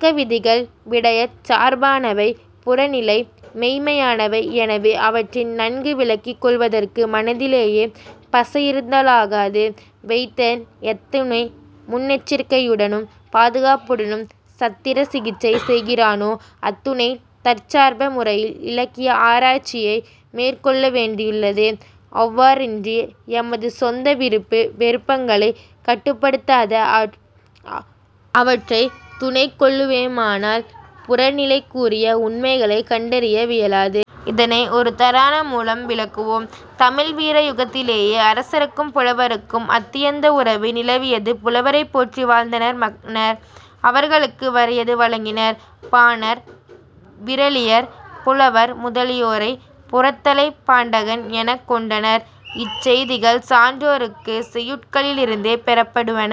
இயக்கவிதிகள் விடயச் சார்பானவை; புறநிலை மெய்ம்மையானவை. எனவே அவற்றை நன்கு விளக்கிக் கொள்ளுவதற்கு மனத்திலேயே பசையிருத்தலாகாது. வைத்தன் எத்துணை முன்னெச்சரிக்கையுடனும், பாதுகாப்புடனும் சத்திர சிகிச்சை செய்கிறானோ அத்துணை தற்சார்ப முறையில் இலக்கிய ஆராய்ச்சியை மேற்கொள்ள வேண்டியுள்ளது. அவ்வாறின்றி எமது சொந்த விருப்பு வெறுப்புகளைக் கட்டுப்படுத்தாது அவற்றைத் துணைக் கொள்வேமானால் புறநிலைக்குரிய உண்மைகளைக் கண்டறிய வியலாது. இதனை ஒருதாரண மூலம் விளக்குவோம். தமிழ் வீர யுகத்திலே அரசருக்கும் புலவருக்கும் அத்தியந்த உறவு நிலவியது. புலவரைப் போற்றி வாழ்ந்தனர் மன்னர். அவர்களுக்கு வரையாது வழங்கினர். பாணர், விறலியர், புலவர் முதலியோரைப் புரத்தலைப் பாண்டகன் எனக் கொண்டனர். இச் செய்திகள் சான்றோர்க்கு செய்யுட்களிலிருந்து பெறப்படுவன.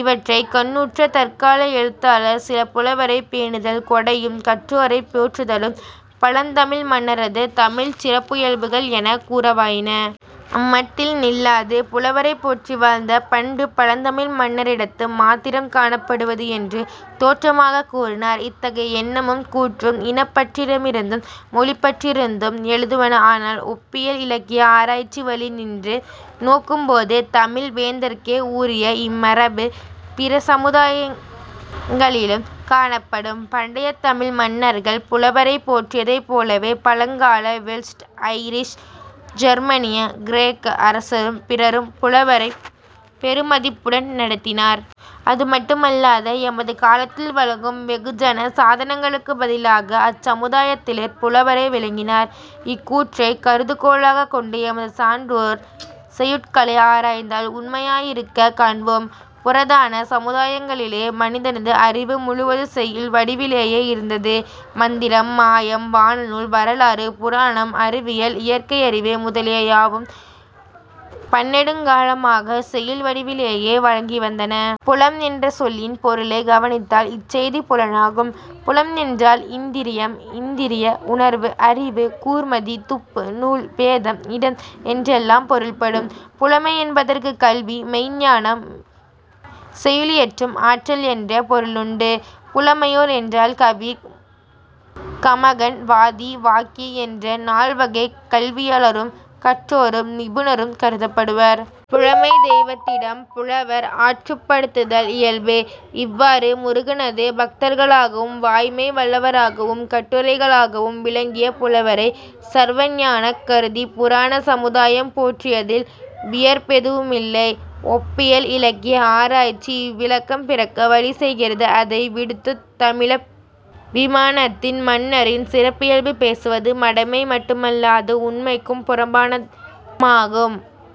இவற்றைக் கண்ணுற்ற தற்கால எழுத்தாளர் சிலர் புலவரைப் பேணுதல் கொடையும் கற்றோரைப் போற்றுதலும் பழந்தமிழ் மன்னரது தமிழ்ச் சிறப்பியல்புகள் எனக் கூறவராயினர். அம்மட்டில் நில்லாது புலவரைப்போற்றி வாழ்ந்த பண்பு பழந்தமிழ் மன்னரிடத்து மாத்திரம் காணப்படுவது என்று தேற்றமாகக் கூறினர். இத்தகைய எண்ணமும் கூற்றும் இனப்பற்றிலிருந்தும் மொழிப்பற்றிலிருந்தும் எழுவன. ஆனால் ஒப்பியல் இலக்கிய ஆராய்ச்சி வழி நின்று நோக்கும்போது தமிழ் வேந்தர்க்கே உரிய இம்மரபு பிற சமுதாயங்களிலும் காணப்படும். பண்டைத் தமிழ் மன்னர்கள் புலவரைப் போற்றியதைப் போலவே பழங்கால வெல்ஷ், ஐரிஷ், ஜெர்மானிய, கிரேக்க அரசரும் பிறரும் புலவரைப் பெருமதிப்புடன் நடத்தினர். அது மட்டுமல்லாது எமது காலத்தில் வழங்கும் வெகுஜன சாதனங்களுக்குப் பதிலாக அச்சமுதாயத்திலே புலவரே விளங்கினர். இக்கூற்றைக் கருதுகோளாகக் கொண்டு எமது சான்றோர் செய்யுட்களை ஆராய்ந்தால் உண்மையாயிருக்கக் காண்போம். புராதன சமுதாயங்களிலே மனிதனது அறிவு முழுவதும் செய்யுள் வடிவிலேயே இருந்தது. மந்திரம், மாயம், வானநூல், வரலாறு, புராணம், அறிவியல், இயற்கையறிவு முதலிய யாவும் பன்னெடுங்காலமாகச் செய்யுள் வடிவிலேயே வழங்கி வந்தன. புலம் என்ற சொல்லின் பொருளைக் கவனித்தால் இச்செய்தி புலனாகும். புலம் என்றால் இந்திரியம், இந்திரிய உணர்வு, அறிவு, கூர்மதி, துப்பு, நூல், வேதம், இடம் என்றெல்லாம் பொருள்படும். புலமை என்பதற்குக் கல்வி, மெய்ஞ்ஞானம் செய்யுளியற்றும் ஆற்றல் என்ற பொருளுண்டு. புலமையோர் என்றால் கவி, கமகன், வாதி, வாக்கி என்ற நால்வகைக் கல்வியாளரும், கற்றோரும், நிபுணரும் கருதப்படுவர். புலமைத் தெய்வத்திடம் புலவர் ஆற்றுப் படுத்துதல் இயல்பே. இவ்வாறு முருகனது பக்தர்களாகவும் வாய்மொழி வல்லவராகவும் கட்டுரையாளராகவும் விளங்கிய புலவரைச் சர்வக்ஞராகக் கருதிப் புராதன சமுதாயம் போற்றியதில் வியப்பெதுவுமில்லை. ஒப்பியல் இலக்கிய ஆராய்ச்சி இவ்விளக்கம் பிறக்க வழி செய்கிறது. அதை விடுத்துத் தமிழபிமானத்தால் மன்னரின் சிறப்பியல்பு பேசுவது மடமை மட்டு மல்லாது உண்மைக்குப் புறம்பானதுமாகும்.